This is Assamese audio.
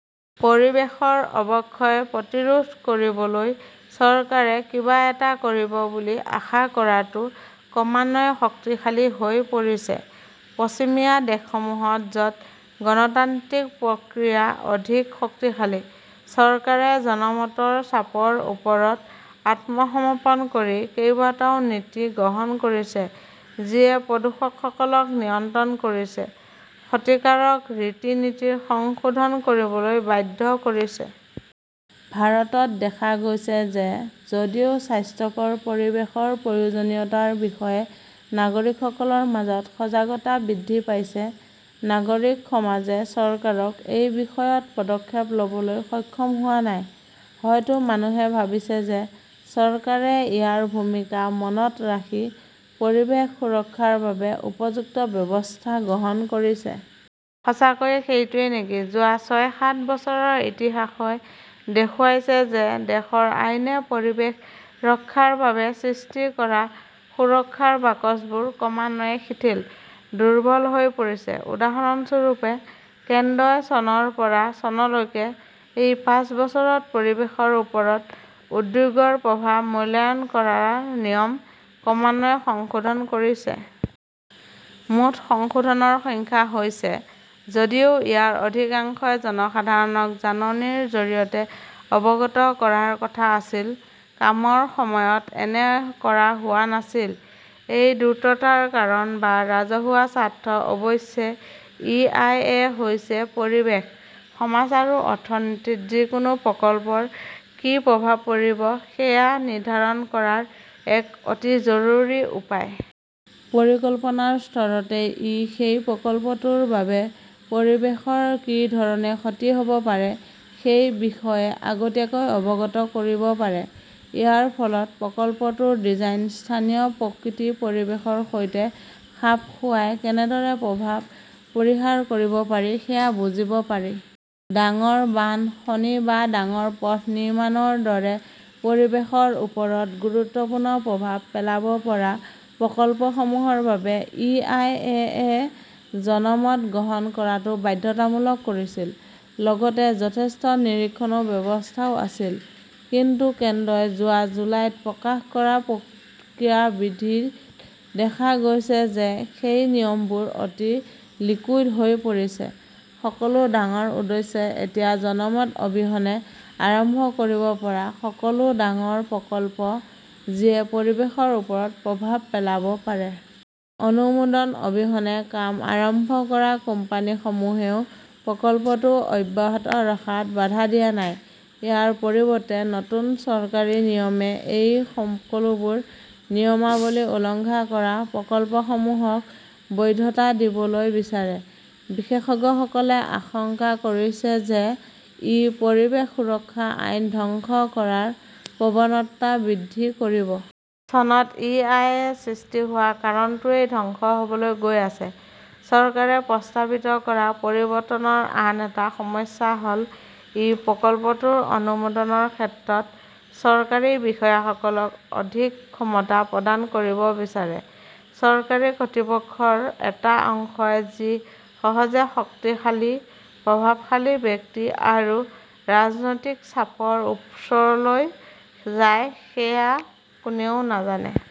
পৰিৱেশৰ অৱক্ষয় প্ৰতিৰোধ কৰিবলৈ চৰকাৰে কিবা এটা কৰিব বুলি আশা কৰাটো ক্ৰমান্বয়ে শক্তিশালী হৈ পৰিছে। পশ্চিমীয়া দেশসমূহত য'ত গণতান্ত্ৰিক প্ৰক্ৰিয়া অধিক শক্তিশালী ,চৰকাৰে জনমতৰ চাপৰ ওচৰত আত্মসমৰ্পণ কৰি কেইবাটাও নীতি গ্ৰহণ কৰিছে। যিয়ে প্ৰদূষকসকলক নিয়ন্ত্ৰণ কৰিছে, ক্ষতিকাৰক ৰীতি-নীতি সংশোধন কৰিবলৈ বাধ্য কৰিছে। ভাৰতত দেখা গৈছে যে যদিও স্বাস্থ্যকৰ পৰিৱেশৰ প্ৰয়োজনীয়তাৰ বিষয়ে নাগৰিকসকলৰ মাজত সজাগতা বৃদ্ধি পাইছে, নাগৰিক সমাজে চৰকাৰক এই বিষয়ত পদক্ষেপ ল'বলৈ সক্ষম হোৱা নাই। হয়তো মানুহে ভাবিছে যে চৰকাৰে ইয়াৰ ভূমিকা মনত ৰাখি পৰিৱেশ সুৰক্ষাৰ বাবে উপযুক্ত ব্যৱস্থা গ্ৰহণ কৰিছে। সঁচাকৈয়ে সেইটোৱেই নেকি? যোৱা ছয়, সাত বছৰৰ ইতিহাসই দেখুৱাইছে যে দেশৰ আইনে পৰিৱেশ ৰক্ষাৰ বাবে সৃষ্টি কৰা সুৰক্ষাৰ বাকচবোৰ ক্ৰমান্বয়ে শিথিল, দুৰ্বল হৈ পৰিছে। উদাহৰণস্বৰূপে, কেন্দ্ৰই চনৰ পৰা চনলৈকে এই পাঁচ বছৰত পৰিৱেশৰ ওপৰত উদ্যোগৰ প্ৰভাৱ মূল্যায়ন কৰাৰ নিয়ম ক্ৰমান্বয়ে সংশোধন কৰিছে। মুঠ সংশোধনৰ সংখ্যা হৈছে। যদিও ইয়াৰ অধিকাংশই জনসাধাৰণক জাননীৰ জৰিয়তে অৱগত কৰাৰ কথা আছিল, কামৰ সময়ত এনে কৰা হোৱা নাছিল। এই দ্ৰুততাৰ কাৰণ বা ৰাজহুৱা স্বাৰ্থ অৱশ্যে ই. আই. এ. হৈছে পৰিৱেশ, সমাজ আৰু অৰ্থনীতিত যিকোনো প্ৰকল্পৰ কি প্ৰভাৱ পৰিব সেয়া নিৰ্ধাৰণ কৰাৰ এক অতি জৰুৰী উপায়। পৰিকল্পনাৰ স্তৰতে ই সেই প্ৰকল্পটোৰ বাবে পৰিৱেশৰ কি ধৰণৰ ক্ষতি হ'ব পাৰে সেই বিষয়ে আগতীয়াকৈ অৱগত কৰিব পাৰে। ইয়াৰ ফলত প্ৰকল্পটোৰ ডিজাইন স্থানীয় প্ৰকৃতি-পৰিৱেশৰ সৈতে খাপ খোৱাকৈ কেনেদৰে প্ৰভাৱ পৰিহাৰ কৰিব পাৰি সেয়া বুজিব পাৰি। ডাঙৰ বান্ধ, খনি বা ডাঙৰ পথ নিৰ্মাণৰ দৰে পৰিৱেশৰ ওপৰত গুৰুত্বপূৰ্ণ প্ৰভাৱ পেলাব পৰা প্ৰকল্পসমূহৰ বাবে ই. আই. এ. -য়ে জনমত গ্ৰহণ কৰাটো বাধ্যতামূলক কৰিছিল, লগতে যথেষ্ট নিৰীক্ষণ ব্যৱস্থাও আছিল। কিন্তু কেন্দ্ৰই যোৱা জুলাইত প্ৰকাশ কৰা প্ৰক্ৰিয়া বিধি ত দেখা গৈছে যে সেই নিয়মবোৰ অতি লিকুইড হৈ পৰিছে ,সকলো ডাঙৰ উদ্যোগই এতিয়া জনমত অবিহনে আৰম্ভ কৰিব পৰা সকলো ডাঙৰ প্ৰকল্প, যিয়ে পৰিৱেশৰ ওপৰত প্ৰভাৱ পেলাব পাৰে। অনুমোদন অবিহনে কাম আৰম্ভ কৰা কোম্পানীসমূহেও প্ৰকল্পটো অব্যাহত ৰখাত বাধা দিয়া নাই। ইয়াৰ পৰিৱৰ্তে, নতুন চৰকাৰী নিয়মে এই সকলোবোৰ নিয়মাৱলী উলংঘন কৰা প্ৰকল্পসমূহক বৈধতা দিবলৈ বিচাৰে। বিশেষজ্ঞসকলে আশংকা কৰিছে যে ই পৰিৱেশ সুৰক্ষা আইন ধ্বংস কৰাৰ প্ৰৱণতা বৃদ্ধি কৰিব। চনত ই. আই. এ. সৃষ্টি হোৱাৰ কাৰণটোৱেই ধ্বংস হ'বলৈ গৈ আছে। চৰকাৰে প্ৰস্তাৱিত কৰা পৰিৱৰ্তনৰ আন এটা সমস্যা হ'ল ই প্ৰকল্পটোৰ অনুমোদনৰ ক্ষেত্ৰত চৰকাৰী বিষয়াসকলক অধিক ক্ষমতা প্ৰদান কৰিব বিচাৰে। চৰকাৰী কৰ্তৃপক্ষৰ এটা অংশ যি সহজে শক্তিশালী, প্ৰভাৱশালী ব্যক্তি আৰু ৰাজনৈতিক চাপৰ ওচৰলৈ যায় সেয়া কোনেও নাজানে।